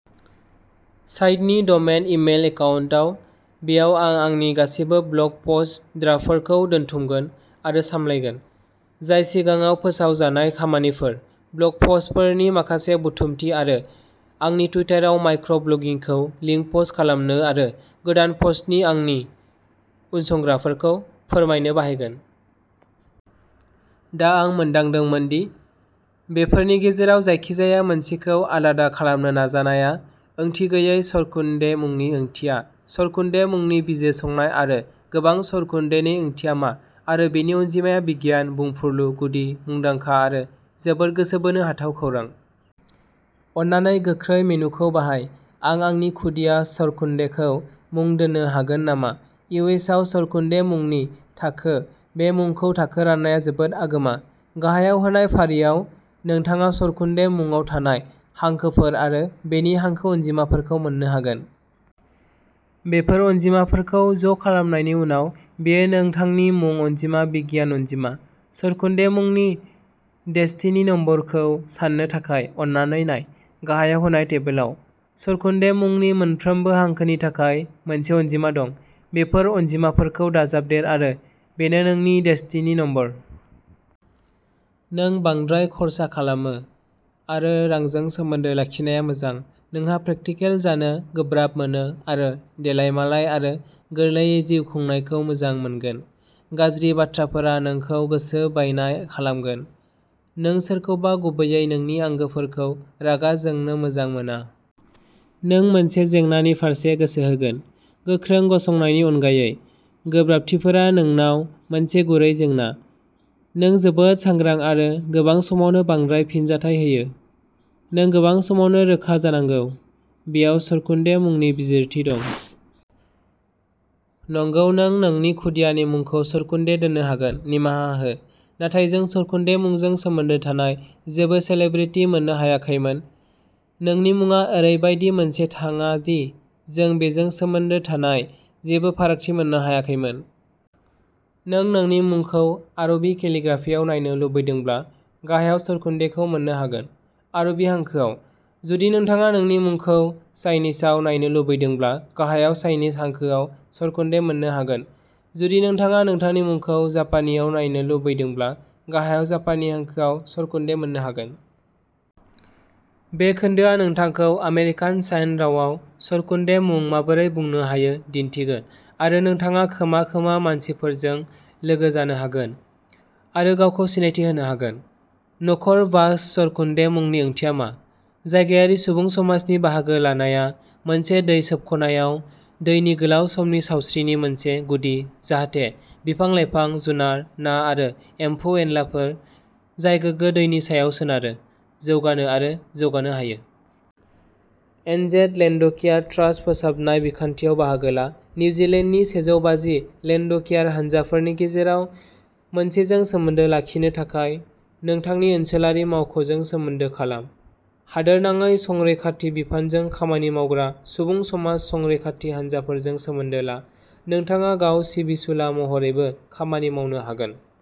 साइटनि domain email एकाउन्टाव बेयाव आं आंनि गासिबो ब्लग पस्ट ड्राफ्टफोरखौ दोनथुमगोन आरो सामलायगोन, जाय सिगाङाव फोसावजानाय खामानिफोर, ब्लग पस्टफोरनि माखासे बुथुमथि आरो आंनि टुइटाराव माइक्र' ब्लगिंखौ लिंक पस्ट खालामनो आरो गोदान पस्टनि आंनि उनसंग्राफोरखौ फोरमायनो बाहायगोन। दा आं मोनदांदोंमोन दि बेफोरनि गेजेराव जायखिजाया मोनसेखौ आलादा खालामनो नाजानाया ओंथि गैयै सरकुन्डे मुंनि ओंथिया, सरकुन्डे मुंनि बिजिरसंनाय आरो गोबां सरकुन्डेनि ओंथिया मा आरो बेनि अनजिमा बिगियान, बुंफुरलु, गुदि, मुंदांखा आरो जोबोद गोसो बोनो हाथाव खौरां। अन्नानै गोख्रै मेनुखौ बाहाय। आं आंनि खुदिया सरकुन्डेखौ मुं दोन्नो हागोन नामा इउ एस आव सरकुन्डे मुंनि थाखो बे मुंखौ थाखो राननाया जोबोद आगोमा। गाहायाव होनाय फारियाव, नोंथाङा सरकुन्डे मुंआव थानाय हांखोफोर आरो बेनि हांखो अनजिमाफोरखौ मोन्नो हागोन। बेफोर अनजिमाफोरखौ ज'खालामनायनि उनाव, बेयो नोंथांनि मुं अनजिमा बिगियान अनजिमा। सरकुन्डे मुंनि डेस्टिनि नम्बरखौ साननो थाखाय, अन्नानै नाय। गाहायाव होनाय टेबोलाव। सरकुन्डे मुंनि मोनफ्रोमबो हांखोनि थाखाय मोनसे अनजिमा दं। बेफोर अनजिमाफोरखौ दाजाबदेर आरो बेनो नोंनि डेस्टिनि नम्बर। नों बांद्राय खर्सा खालामो आरो रांजों सोमोन्दो लाखिनाया मोजां। नोंहा प्रेकटिकेल जानो गोब्राब मोनो आरो देलायमालाय आरो गोरलैयै जिउ खुंनायखौ मोजां मोनगोन। गाज्रि बाथ्राफोरा नोंखौ गोसो बायनाय खालामगोन। नों सोरखौबा गुबैयै नोंनि आंगोफोरखौ रागा जोंनो मोजां मोना। नों मोनसे जेंनानि फारसे गोसो होगोन, गोख्रों गसंनायनि अनगायै। गोब्राबथिफोरा नोंनाव मोनसे गुरै जेंना। नों जोबोद सांग्रां आरो गोबां समावनो बांद्राय फिनजाथाय होयो। नों गोबां समावनो रोखा जानांगौ। बेयाव सरकुन्डे मुंनि बिजिरथि दं। नंगौ नों नोंनि खुदियानि मुंखौ सरकुन्डे दोन्नो हागोन निमाहा हो, नाथाय जों सरकुन्डे मुंजों सोमोन्दो थानाय जेबो सेलेब्रिटि मोननो हायाखैमोन। नोंनि मुङा ओरैबादि मोनसे थाङा दि जों बेजों सोमोन्दो थानाय जेबो फारागथि मोननो हायाखैमोन। नों नोंनि मुंखौ आरबी केलिग्राफियाव नायनो लुबैदोंब्ला गाहायाव सरकुन्डेखौ मोन्नो हागोन। आरबि हांखोआव। जुदि नोंथाङा नोंथांनि मुंखौ चाइनिसआव नायनो लुबैदोंब्ला गाहायाव चाइनिस हांखोआव सरकुन्डे मोन्नो हागोन। जुदि नोंथाङा नोंथांनि मुंखौ जापानीआव नायनो लुबैदोंब्ला गाहायाव जापानी हांखोआव सरकुन्डे मोन्नो हागोन। बे खोन्दोआ नोंथांखौ आमेरिकान साइन रावआव सरकुन्डे मुं माबोरै बुंनो हायो दिन्थिगोन आरो नोंथाङा खोमा खोमा मानसिफोरजों लोगो जानो हागोन आरो गावखौ सिनायथि होनो हागोन। न'खर बास्क सरकुन्डे मुंनि ओंथिया मा? जायगायारि सुबुं समाजनि बाहागो लानाया मोनसे दै सोबख' नायाव दैनि गोलाव समनि सावस्रिनि मोनसे गुदि, जाहाथे बिफां-लाइफां, जुनार, ना आरो एम्फौ-एनलाफोर जाय गोगो दैनि सायाव सोनारो, जौगानो आरो जौगानो हायो। एनजेड लेन्डकेयार ट्रास्ट फोसाबनाय बिथांखियाव बाहागो ला। निउजिलेन्डनि सेजौबाजि लेन्डकेयार हानजाफोरनि गेजेराव मोनसेजों सोमोन्दो लाखिनो थाखाय नोंथांनि ओनसोलारि मावख'जों सोमोन्दो खालाम। हादोरनाङै संरैखाथि बिफानजों खामानि मावग्रा सुबुं समाज संरैखाथि हानजाफोरजों सोमोन्दो ला। नोंथाङा गाव सिबिसुला महरैबो खामानि मावनो हागोन।